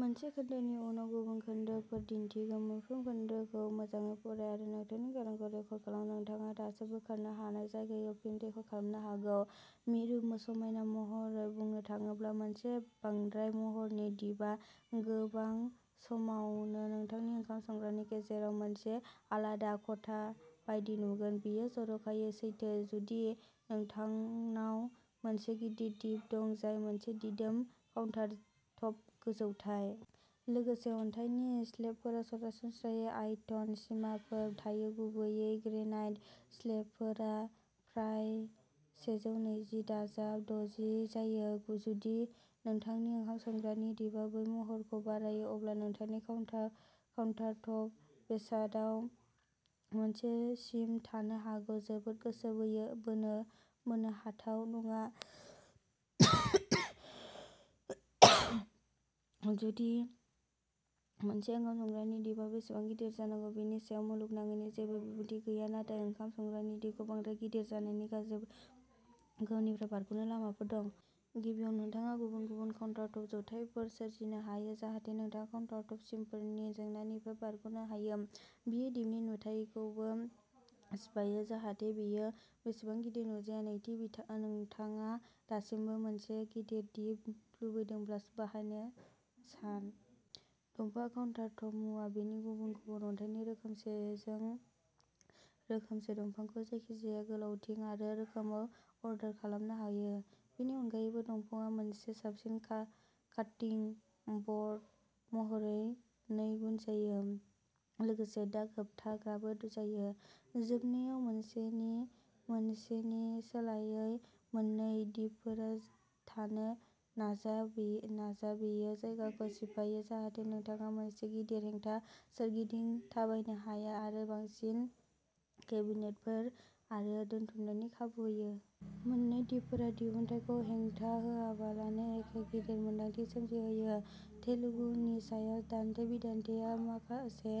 मिरु समायना महरै बुंनो थाङोब्ला मोनसे बांद्राय-महरनि दिपआ गोबां समावनो नोंथांनि ओंखाम संग्रानि गेजेराव मोनसे आलादा खथा बायदि नुगोन। बेयो जर'खायै सैथो जुदि नोंथांनाव मोनसे गिदिर दिप दं जाय मोनसे दिदोम काउन्टार टप जौथाइ। लोगोसे अन्थाइनि स्लेबफोराव सरासनस्रायै आयतन सिमाफोर थायो गुबैयै ग्रेनाइट स्लेबफोरा प्राय सेजौ नैजि सानजाब दजि जायो। जुदि नोंथांनि ओंखाम संग्रानि दिपआ बै महरखौ बारायो अब्ला नोंथांनि काउन्टारटप बेसादाव मोनसे सिम थानो हागौ जोबोद गोसो बोनो हाथाव नङा जुदि मोनसे ओंखाम संग्रानि दिपआ बेसेबां गिदिर जानांगौ बेनि सायाव मुलुगनाङैनो जेबो बिबुंथि गैया नाथाय ओंखाम संग्रानि दिपखौ बांद्राय गिदिर जानायनि गाज्रि गोहोमनिफ्राय बारग'नो लामाफोर दं। गिबियाव नोंथाङा गुबुन गुबुन काउन्टार टप जौथायफोर सोरजिनो हायो जाहाथे नोंथाङा काउन्टारटप सिमफोरनि जेंनानिफ्राय बारग'नो हायो बेयो दिपनि नुथायखौ बो सिफायो जाहाथे बेयो एसेबां गिदिर नुजाया। नैथि नोंथाङा दासिमबो मोनसे गिदिर दिप लुबैदोंब्ला बाहायनो सान। दंफांआ काउन्टारटप मुवा। बेनि गुबुन गुबुन अन्थाइनि रोखोमसेजों रोखोमसे दंफांखौ जायखिजाया गोलावथि आरो रोखोमाव अर्डार खालामनो हायो। बेनि अनगायैबो दंफांआ मोनसे साबसिन काटिं ब'र्ड महरै नैगुन जायो लोगोसे दाग होबथाग्राबो जायो। जोबनायाव मोनसेनि सोलायै मोन्नै दिपफोर थानो नाजा बेयो जायगाखौ सिफायो जाहाथे नोंथाङा मोनसे गिदिर हेंथा सोरगिदिं थाबायनो हाया आरो बांसिन केबिनेटफोर आरो दोनथुमनायनि खाबु होयो। मोन्नै दिपफोरा दिहुनथायखौ हेंथा होआलाबानो एखे गेदेर मोन्दांथि सोमजिहोयो। तेलुगुनि सायाव दान्थे बिदान्थेया माखासे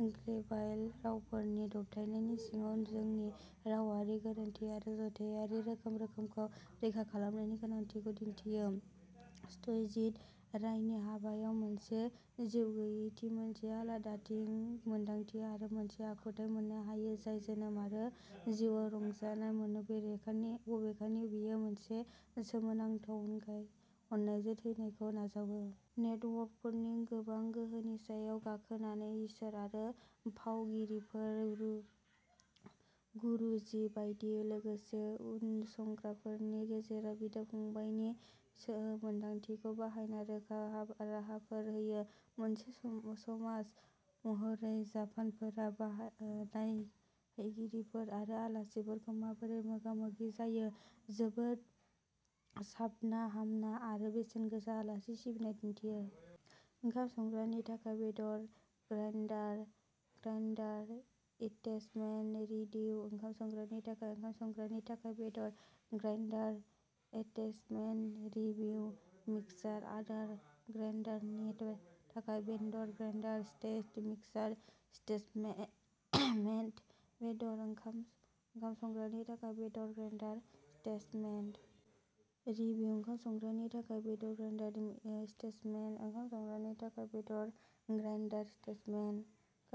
ग्लबेलाइज्ड रावफोरनि दबथायनायनि सिगाङाव जोंनि रावारि गोरोनथि आरो जथायारि रोखोम रोखोमखौ रैखा खालामनायनि गोनांथिखौ दिन्थियो। सत्यजीत रायनि हाबायाव मोनसे जिउगैयैथि मोनसे आलादाथिनि मोनदांथि आरो मोनसे आखुथाय मोननो हायो जाय जोनोम आरो जिउआव रंजानाय मोनो बबेखानि बेयो मोनसे सोमोनांथाव अननायजों थैनायखौ नाजावो। नेटवर्कफोरनि गोबां गोहोनि सायाव गाखोनानै इसोर आरो फावगिरिफोर। गुरुजि बायदि लोगो उनसंग्राफोरनि गेजेराव बिदा फंबायनि मोन्दांथिखौ बाहायना रोखा राहाफोर होयो। मोनसे समाज महरै जापानफोरा नायहैगिरिफोर आरो आलासिफोरजों माबोरै मोगा मोगि जायो जोबोद साबनाहामना आरो बेसेनगोसा आलासि सिबिनाय दिन्थियो। ओंखाम संग्रानि थाखाय बेदर ग्राइन्डार एटेचमेन्ट रिभिउ ओंखाम संग्रानि थाखाय ओंखाम संग्रानि थाखाय बेदर ग्राइन्डार एटेचमेन्ट रिभिउ मिक्सार आदार ग्राइन्डारनि थाखाय बेदर ग्राइन्डार स्टेन्ड मिक्सार एटेचमेन्ट बेदर ओंखाम संग्रानि थाखाय बेदर ग्राइन्डार एटेचमेन्ट रिभिउ ओंखाम संग्रानि थाखाय बेदर ग्राइन्डार एटेचमेन्ट ओंखाम संग्रानि थाखाय बेदर ग्राइन्डार एटेचमेन्ट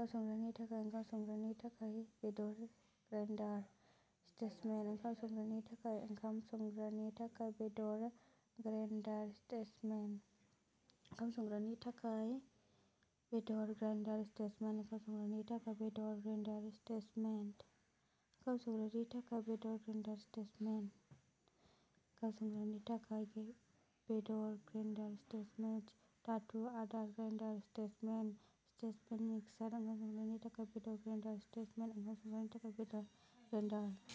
ओंखाम संग्रानि थाखाय ओंखाम संग्रानि थाखाय बेदर ग्राइन्डार एटेचमेन्ट ओंखाम संग्रानि थाखाय ओंखाम संग्रानि थाखाय बेदर ग्राइन्डार एटेचमेन्ट ओंखाम संग्रानि थाखाय बेदर ग्राइन्डार एटेचमेन्ट ओंखाम संग्रानि थाखाय बेदर ग्राइन्डार एटेचमेन्ट ओंखाम संग्रानि थाखाय बेदर ग्राइन्डार एटेचमेन्ट ओंखाम संग्रानि थाखाय बेदर ग्राइन्डार एटेचमेन्ट धातु आदार ग्राइन्डार एटेचमेन्ट स्टेन्ड मिक्सार ओंखाम संग्रानि थाखाय बेदर ग्राइन्डार एटेचमेन्ट ओंखाम संग्रानि थाखाय बेदर ग्राइन्डार।